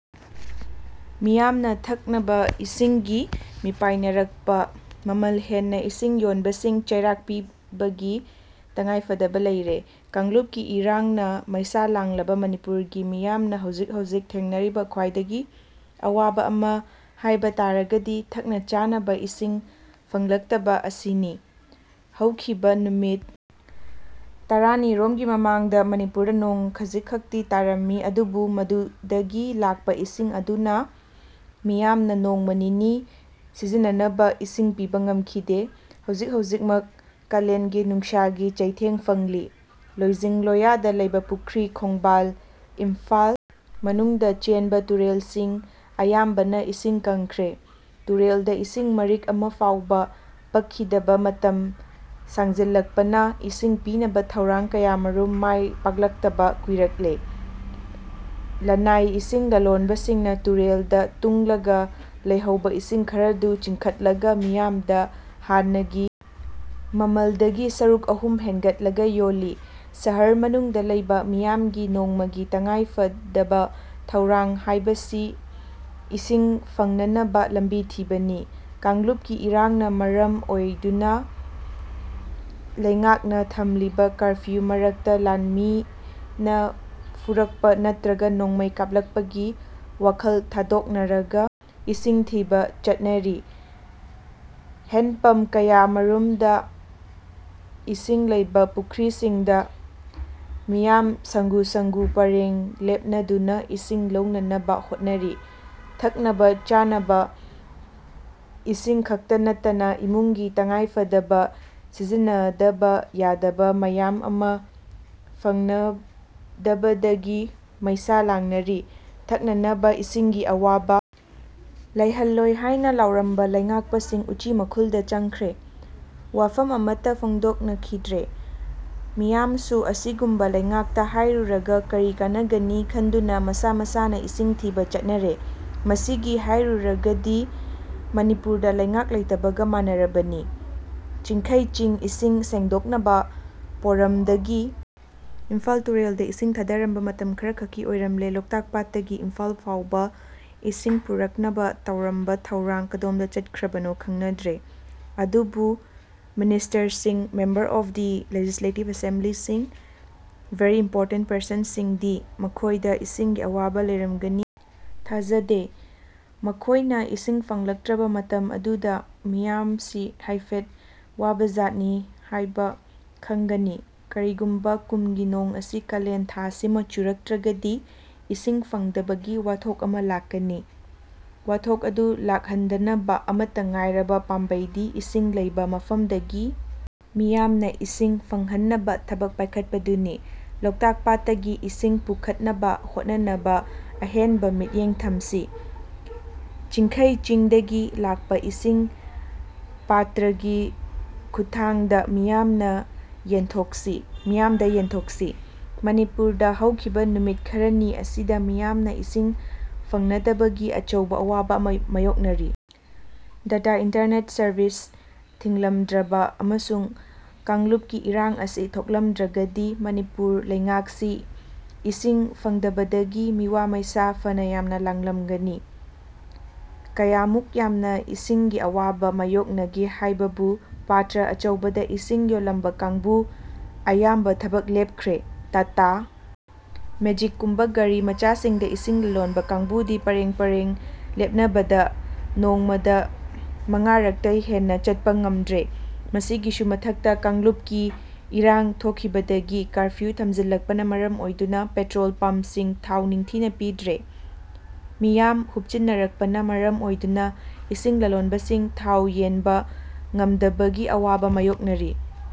ꯃꯤꯌꯥꯝꯅ ꯊꯛꯅꯕ ꯏꯁꯤꯡꯒꯤ ꯃꯤꯄꯥꯏꯅꯔꯛꯄ ꯃꯃꯜ ꯍꯦꯟꯅ ꯏꯁꯤꯡ ꯌꯣꯟꯕꯁꯤꯡ ꯆꯩꯔꯥꯛ ꯄꯤꯕꯒꯤ ꯇꯉꯥꯏ ꯐꯗꯕ ꯂꯩꯔꯦ꯫ ꯀꯥꯡꯂꯨꯞꯀꯤ ꯏꯔꯥꯡꯅ ꯃꯩꯁꯥ ꯂꯥꯡꯂꯕ ꯃꯅꯤꯄꯨꯔꯒꯤ ꯃꯤꯌꯥꯝꯅ ꯍꯧꯖꯤꯛ ꯍꯧꯖꯤꯛ ꯊꯦꯡꯅꯔꯤꯕ ꯈ꯭ꯋꯥꯏꯗꯒꯤ ꯑꯋꯥꯕ ꯑꯃ ꯍꯥꯏꯕ ꯇꯥꯔꯒꯗꯤ ꯊꯛꯅꯕ-ꯆꯥꯅꯕ ꯏꯁꯤꯡ ꯐꯪꯂꯛꯇꯕ ꯑꯁꯤꯅꯤ꯫ ꯍꯧꯈꯤꯕ ꯅꯨꯃꯤꯠ ꯇꯔꯥ ꯅꯤ ꯔꯣꯝꯒꯤ ꯃꯃꯥꯡꯗ ꯃꯅꯤꯄꯨꯔꯗ ꯅꯣꯡ ꯈꯖꯤꯛ ꯈꯛꯇꯤ ꯇꯥꯔꯝꯃꯤ ꯑꯗꯨꯕꯨ ꯃꯗꯨꯗꯒꯤ ꯂꯥꯛꯄ ꯏꯁꯤꯡ ꯑꯗꯨꯅ ꯃꯤꯌꯥꯝꯅ ꯅꯣꯡꯃ ꯅꯤꯅꯤ ꯁꯤꯖꯤꯟꯅꯅꯕ ꯏꯁꯤꯡ ꯄꯤꯕ ꯉꯝꯈꯤꯗꯦ꯫ ꯍꯧꯖꯤꯛ ꯍꯧꯖꯤꯛꯃꯛ ꯀꯥꯂꯦꯟꯒꯤ ꯅꯨꯡꯁꯥꯒꯤ ꯆꯩꯊꯦꯡ ꯐꯪꯂꯤ꯫ ꯂꯣꯏꯖꯤꯡ ꯂꯣꯏꯌꯥꯗ ꯂꯩꯕ ꯄꯨꯈ꯭ꯔꯤ, ꯈꯣꯡꯕꯥꯜ, ꯏꯝꯐꯥꯜ ꯃꯅꯨꯡꯗ ꯆꯦꯟꯕ ꯇꯨꯔꯦꯜꯁꯤꯡ ꯑꯌꯥꯝꯕꯅ ꯏꯁꯤꯡ ꯀꯪꯈ꯭ꯔꯦ꯫ ꯇꯨꯔꯦꯜꯗ ꯏꯁꯤꯡ ꯃꯔꯤꯛ ꯑꯃ ꯐꯥꯎꯕ ꯄꯛꯈꯤꯗꯕ ꯃꯇꯝ ꯁꯥꯡꯖꯤꯜꯂꯛꯄꯅ ꯏꯁꯤꯡ ꯄꯤꯅꯕ ꯊꯧꯔꯥꯡ ꯀꯌ ꯥꯃꯔꯨꯝ ꯃꯥꯏ ꯄꯥꯛꯂꯛꯇꯕ ꯀꯨꯏꯔꯛꯂꯦ꯫ ꯂꯟꯅꯥꯏ ꯏꯁꯤꯡ ꯂꯂꯣꯟꯕꯁꯤꯡꯅ ꯇꯨꯔꯦꯜꯗ ꯇꯨꯡꯂꯒ ꯂꯩꯍꯧꯕ ꯏꯁꯤꯡ ꯈꯔꯗꯨ ꯆꯤꯡꯈꯠꯂꯒ ꯃꯤꯌꯥꯝꯗ ꯍꯥꯟꯅꯒꯤ ꯃꯃꯜꯗꯒꯤ ꯁꯔꯨꯛ ꯑꯍꯨꯝ ꯍꯦꯟꯒꯠꯂꯒ ꯌꯣꯜꯂꯤ꯫ ꯁꯍꯔ ꯃꯅꯨꯡꯗ ꯂꯩꯕ ꯃꯤꯌꯥꯝꯒꯤ ꯅꯣꯡꯃꯒꯤ ꯇꯉꯥꯏ ꯐꯗꯕ ꯊꯧꯔꯥꯡ ꯍꯥꯏꯕꯁꯤ ꯏꯁꯤꯡ ꯐꯪꯅꯅꯕ ꯂꯝꯕꯤ ꯊꯤꯕꯅꯤ꯫ ꯀꯥꯡꯂꯨꯞꯀꯤ ꯏꯔꯥꯡꯅ ꯃꯔꯝ ꯑꯣꯏꯔꯗꯨꯅ ꯂꯩꯉꯥꯛꯅ ꯊꯝꯂꯤꯕ ꯀꯥꯔꯐ꯭ꯌꯨ ꯃꯔꯛꯇ ꯂꯥꯟꯃꯤꯅ ꯐꯨꯔꯛꯄ ꯅꯠꯇ꯭ꯔꯒ ꯅꯣꯡꯃꯩ ꯀꯥꯞꯂꯛꯄꯒꯤ ꯋꯥꯈꯜ ꯊꯥꯗꯣꯛꯅꯔꯒ ꯏꯁꯤꯡ ꯊꯤꯕ ꯆꯠꯅꯔꯤ꯫ ꯍꯦꯟꯄꯝꯞ ꯀꯌꯥ ꯃꯔꯨꯝꯗ ꯏꯁꯤꯡ ꯂꯩꯕ ꯄꯨꯈ꯭ꯔꯤꯁꯤꯡꯗ ꯃꯤꯌꯥꯝ ꯁꯪꯒꯨ ꯁꯪꯒꯨ ꯄꯔꯦꯡ ꯂꯦꯞꯅꯗꯨꯅ ꯏꯁꯤꯡ ꯂꯧꯅꯅꯕ ꯍꯣꯠꯅꯔꯤ꯫ ꯊꯛꯅꯕ-ꯆꯥꯅꯕ ꯏꯁꯤꯡ ꯈꯛꯇ ꯅꯠꯇꯅ ꯏꯃꯨꯡꯒꯤ ꯇꯉꯥꯏꯐꯗꯕ ꯁꯤꯖꯤꯟꯅꯗꯕ ꯌꯥꯗꯕ ꯃꯌꯥꯝ ꯑꯃ ꯐꯪꯅꯗꯕꯗꯒꯤ ꯃꯩꯁꯥ ꯂꯥꯡꯅꯔꯤ꯫ ꯊꯛꯅꯅꯕ ꯏꯁꯤꯡꯒꯤ ꯑꯋꯥꯕ ꯂꯩꯍꯜꯂꯣꯏ ꯍꯥꯏꯅ ꯂꯥꯎꯔꯝꯕ ꯂꯩꯉꯥꯛꯄꯁꯤꯡ ꯎꯆꯤ ꯃꯈꯨꯜꯗ ꯆꯪꯈ꯭ꯔꯦ꯫ ꯋꯥꯐꯝ ꯑꯃꯠꯇ ꯐꯣꯡꯗꯣꯛꯅꯈꯤꯗ꯭ꯔꯦ꯫ ꯃꯤꯌꯥꯝꯁꯨ ꯑꯁꯤꯒꯨꯝꯕ ꯂꯩꯉꯥꯛꯇ ꯍꯥꯏꯔꯨꯔꯒ ꯀꯔꯤ ꯀꯥꯟꯅꯒꯅꯤ ꯈꯟꯗꯨꯅ ꯃꯁꯥ ꯃꯁꯥꯅ ꯏꯁꯤꯡ ꯊꯤꯕ ꯆꯠꯅꯔꯦ꯫ ꯃꯁꯤꯒꯤ ꯍꯥꯏꯔꯨꯔꯒꯗꯤ ꯃꯅꯤꯄꯨꯔꯗ ꯂꯩꯉꯥꯛ ꯂꯩꯇꯕꯒ ꯃꯥꯟꯅꯔꯕꯅꯤ꯫ ꯆꯤꯡꯈꯩ ꯆꯤꯡ ꯏꯁꯤꯡ ꯁꯦꯡꯗꯣꯛꯅꯕ ꯄꯣꯔꯝꯗꯒꯤ ꯏꯝꯐꯥꯜ ꯇꯨꯔꯦꯜꯗ ꯏꯁꯤꯡ ꯊꯥꯗꯔꯝꯕ ꯃꯇꯝ ꯈꯔ ꯈꯛꯀꯤ ꯑꯣꯏꯔꯝꯂꯦ꯫ ꯂꯣꯛꯇꯥꯛ ꯄꯥꯠꯇꯒꯤ ꯏꯝꯐꯥꯜ ꯐꯥꯎꯕ ꯏꯁꯤꯡ ꯄꯨꯔꯛꯅꯕ ꯇꯧꯔꯝꯕ ꯊꯧꯔꯥꯡ ꯀꯗꯣꯝꯗ ꯆꯠꯈ꯭ꯔꯕꯅꯣ ꯈꯪꯅꯗ꯭ꯔꯦ꯫ ꯑꯗꯨꯕꯨ ꯃꯤꯅꯤꯁꯇꯔꯁꯤꯡ, ꯃꯦꯝꯕꯔ ꯑꯣꯐ ꯗ ꯂꯦꯖꯤꯁꯂꯦꯇꯤꯚ ꯑꯦꯁꯦꯝꯕ꯭ꯂꯤꯁꯤꯡ, ꯚꯦꯔꯤ ꯏꯝꯄꯣꯔꯇꯦꯟꯠ ꯄꯔꯁꯟꯁꯤꯡꯗꯤ ꯃꯈꯣꯏꯗ ꯏꯁꯤꯡꯒꯤ ꯑꯋꯥꯕ ꯂꯩꯔꯝꯒꯅꯤ ꯊꯥꯖꯗꯦ꯫ ꯃꯈꯣꯏꯅ ꯏꯁꯤꯡ ꯐꯪꯂꯛꯇ꯭ꯔꯕ ꯃꯇꯝ ꯑꯗꯨꯗ ꯃꯤꯌꯥꯝꯁꯤ ꯍꯥꯏꯐꯦꯠ ꯋꯥꯕꯖꯥꯠꯅꯤ ꯍꯥꯏꯕ ꯈꯪꯒꯅꯤ꯫ ꯀꯔꯤꯒꯨꯝꯕ ꯀꯨꯝꯒꯤ ꯅꯣꯡ ꯑꯁꯤꯅ ꯀꯥꯂꯦꯟ ꯊꯥꯁꯤꯃ ꯆꯨꯔꯛꯇ꯭ꯔꯒꯗꯤ ꯏꯁꯤꯡ ꯐꯪꯗꯕꯒꯤ ꯋꯥꯊꯣꯛ ꯑꯃ ꯂꯥꯛꯀꯅꯤ꯫ ꯋꯥꯊꯣꯛ ꯑꯗꯨ ꯂꯥꯛ ꯍꯟꯗꯅꯕ ꯑꯃꯠꯇ ꯉꯥꯏꯔꯕ ꯄꯥꯝꯕꯩꯗꯤ ꯏꯁꯤꯡ ꯂꯩꯕ ꯃꯐꯝꯗꯒꯤ ꯃꯤꯌꯥꯝꯅ ꯏꯁꯤꯡ ꯐꯪꯍꯟꯅꯕ ꯊꯕꯛ ꯄꯥꯏꯈꯠꯄꯗꯨꯅꯤ꯫ ꯂꯣꯛꯇꯥꯛ ꯄꯥꯠꯇꯒꯤ ꯏꯁꯤꯡ ꯄꯨꯈꯠꯅꯕ ꯍꯣꯠꯅꯅꯕ ꯑꯍꯦꯟꯕ ꯃꯤꯠꯌꯦꯡ ꯊꯝꯁꯤ꯫ ꯆꯤꯡꯈꯩ ꯆꯤꯡꯗꯒꯤ ꯂꯥꯛꯄ ꯏꯁꯤꯡ ꯄꯥꯇ꯭ꯔꯒꯤ ꯈꯨꯠꯊꯥꯡꯗ ꯃꯤꯌꯥꯝꯗ ꯌꯦꯟꯊꯣꯛꯁꯤ꯫ ꯃꯅꯤꯄꯨꯔꯗ ꯍꯧꯈꯤꯕ ꯅꯨꯃꯤꯠ ꯈꯔꯅꯤ ꯑꯁꯤꯗ ꯃꯤꯌꯥꯝꯅ ꯏꯁꯤꯡ ꯐꯪꯅꯗꯕꯒꯤ ꯑꯆꯧꯕ ꯑꯋꯥꯕ ꯑꯃ ꯃꯥꯌꯣꯛꯅꯔꯤ꯫ ꯗꯥꯇꯥ ꯏꯟꯇꯔꯅꯦꯠ ꯁꯥꯔꯚꯤꯁ ꯊꯤꯡꯂꯝꯗ꯭ꯔꯕ ꯑꯃꯁꯨꯡ ꯀꯥꯡꯂꯨꯞꯀꯤ ꯏꯔꯥꯡ ꯑꯁꯤ ꯊꯣꯛꯂꯝꯗ꯭ꯔꯒꯗꯤ ꯃꯅꯤꯄꯨꯔ ꯂꯩꯉꯥꯛꯁꯤ ꯏꯁꯤꯡ ꯐꯪꯗꯕꯗꯒꯤ ꯃꯤꯋꯥ ꯃꯩꯁꯥ ꯐꯅ ꯌꯥꯝꯅ ꯂꯥꯡꯂꯝꯒꯅꯤ꯫ ꯀꯌꯥꯃꯨꯛ ꯌꯥꯝꯅ ꯏꯁꯤꯡꯒꯤ ꯑꯋꯥꯕ ꯃꯥꯌꯣꯛꯅꯒꯦ ꯍꯥꯏꯕꯕꯨ ꯄꯥꯇ꯭ꯔ ꯑꯆꯧꯕꯗ ꯏꯁꯤꯡ ꯌꯣꯜꯂꯝꯕ ꯀꯥꯡꯕꯨ ꯑꯌꯥꯝꯕ ꯊꯕꯛ ꯂꯦꯞꯈ꯭ꯔꯦ꯫ ꯇꯥꯇꯥ ꯃꯦꯖꯤꯛ ꯀꯨꯝꯕ ꯒꯥꯔꯤ ꯃꯆꯥꯁꯤꯡꯗ ꯏꯁꯤꯡ ꯂꯂꯣꯟꯕ ꯀꯥꯡꯕꯨꯗꯤ ꯄꯔꯦꯡ ꯄꯔꯦꯡ ꯂꯦꯞꯅꯕꯗ ꯅꯣꯡꯃꯗ ꯃꯉꯥꯔꯛꯇꯩ ꯍꯦꯟꯅ ꯆꯠꯄ ꯉꯝꯗ꯭ꯔꯦ꯫ ꯃꯁꯤꯒꯤꯁꯨ ꯃꯊꯛꯇ ꯀꯥꯡꯂꯨꯞꯀꯤ ꯏꯔꯥꯡ ꯊꯣꯛꯈꯤꯕꯗꯒꯤ ꯀꯥꯔꯐ꯭ꯌꯨ ꯊꯝꯖꯤꯜꯂꯛꯄꯅ ꯃꯔꯝ ꯑꯣꯏꯗꯨꯅ ꯄꯦꯇ꯭ꯔꯣꯜ ꯄꯝꯞꯁꯤꯡꯗ ꯊꯥꯎ ꯅꯤꯡꯊꯤꯅ ꯄꯤꯗ꯭ꯔꯦ꯫ ꯃꯤꯌꯥꯝ ꯍꯨꯞꯆꯤꯟꯅꯔꯛꯄꯅ ꯃꯔꯝ ꯑꯣꯏꯗꯨꯅ ꯏꯁꯤꯡ ꯂꯂꯣꯟꯕꯁꯤꯡ ꯊꯥꯎ ꯌꯦꯟꯕ ꯉꯝꯗꯕꯒꯤ ꯑꯋꯥꯕ ꯃꯥꯌꯣꯛꯅꯔꯤ꯫